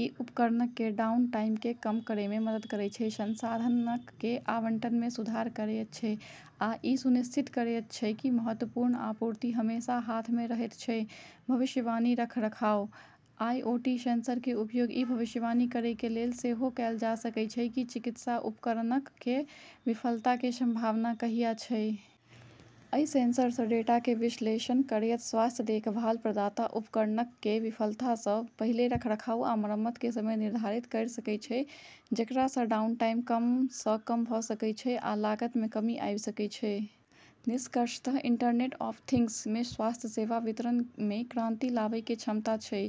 इ उपकरणक कें डाउनटाइम कें कम करय मे मदद करयत छै, संसाधनक कें आवंटन मे सुधार करयत छै, आ इ सुनिश्चित करयत छै की महत्वपूर्ण आपूर्ति हमेशा हाथ मे रहयत छै. भविष्यवाणी रखरखाव: आईओटी सेंसर कें उपयोग इ भविष्यवाणी करय कें लेल सेहो कैल जा सकय छै की चिकित्सा उपकरणक कें विफलता कें संभावना कहिया छै. अइ सेंसर सं डेटा कें विश्लेषण करयत स्वास्थ्य देखभाल प्रदाता उपकरणक कें विफलता सं पहिले रखरखाव आ मरम्मत कें समय निर्धारित कयर सकय छै, जेकरा सं डाउनटाइम कम सं कम भ सकय छै आ लागत मे कमी आबि सकय छै. निष्कर्षतः इंटरनेट ऑफ थिंग्स में स्वास्थ्य सेवा वितरण में क्रांति लाबय के क्षमता छै.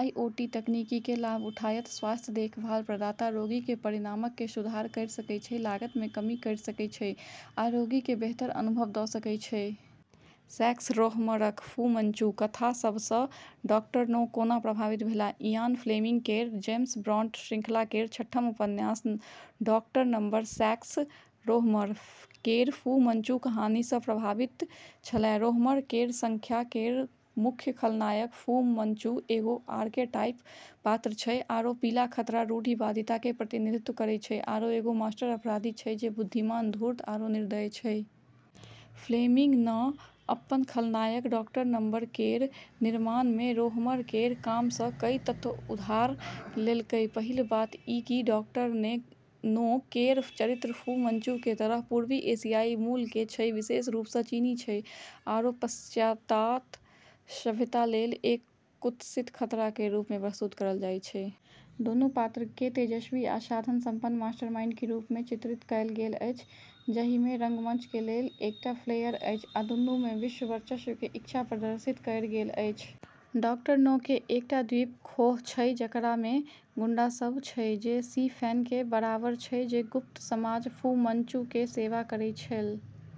आईओटी तकनीक कें लाभ उठायत स्वास्थ्य देखभाल प्रदाता रोगी कें परिणामक मे सुधार कयर सकय छै, लागत मे कमी कयर सकय छै आ रोगी कें बेहतर अनुभव द सकय छै. सैक्स रोहमरक फू मंचू कथा सभसँ डाक्टर नो कोना प्रभावित भेलाह? इयान फ्लेमिंग केरऽ जेम्स बॉन्ड श्रृंखला केरऽ छठम उपन्यास डॉक्टर नंबर सैक्स रोहमर केरऽ फू मंचू कहानी स॑ काफी प्रभावित छेलै। रोहमेर केरऽ श्रृंखला केरऽ मुख्य खलनायक फू मंचू एगो आर्केटाइप पात्र छै आरू "पीला खतरा" रूढ़िवादिता के प्रतिनिधित्व करै छै, आरू एगो मास्टर अपराधी छै जे बुद्धिमान, धूर्त, आरू निर्दयी छै। फ्लेमिंग न॑ अपनऽ खलनायक डॉ. नंबर केरऽ निर्माण म॑ रोहमर केरऽ काम स॑ कई तत्व उधार लेलकै। पहिल बात ई कि डॉक्टर नो केरऽ चरित्र, फू मंचू के तरह, पूर्वी एशियाई मूल के छै, विशेष रूप स॑ चीनी छै, आरू पाश्चात्य सभ्यता लेली एक कुत्सित खतरा के रूप म॑ प्रस्तुत करलऽ जाय छै। दुनू पात्र के तेजस्वी आ साधन संपन्न मास्टरमाइंड के रूप में चित्रित कयल गेल अछि, जाहि में रंगमंच के लेल एकटा फ्लेयर अछि, आ दुनू में विश्व वर्चस्व के इच्छा प्रदर्शित कयल गेल अछि। डॉक्टर नो के एकटा द्वीप खोह छै जेकरा में गुंडा सब छै जे सी-फैन के बराबर छै, जे गुप्त समाज फू मंचू के सेवा करै छेलै।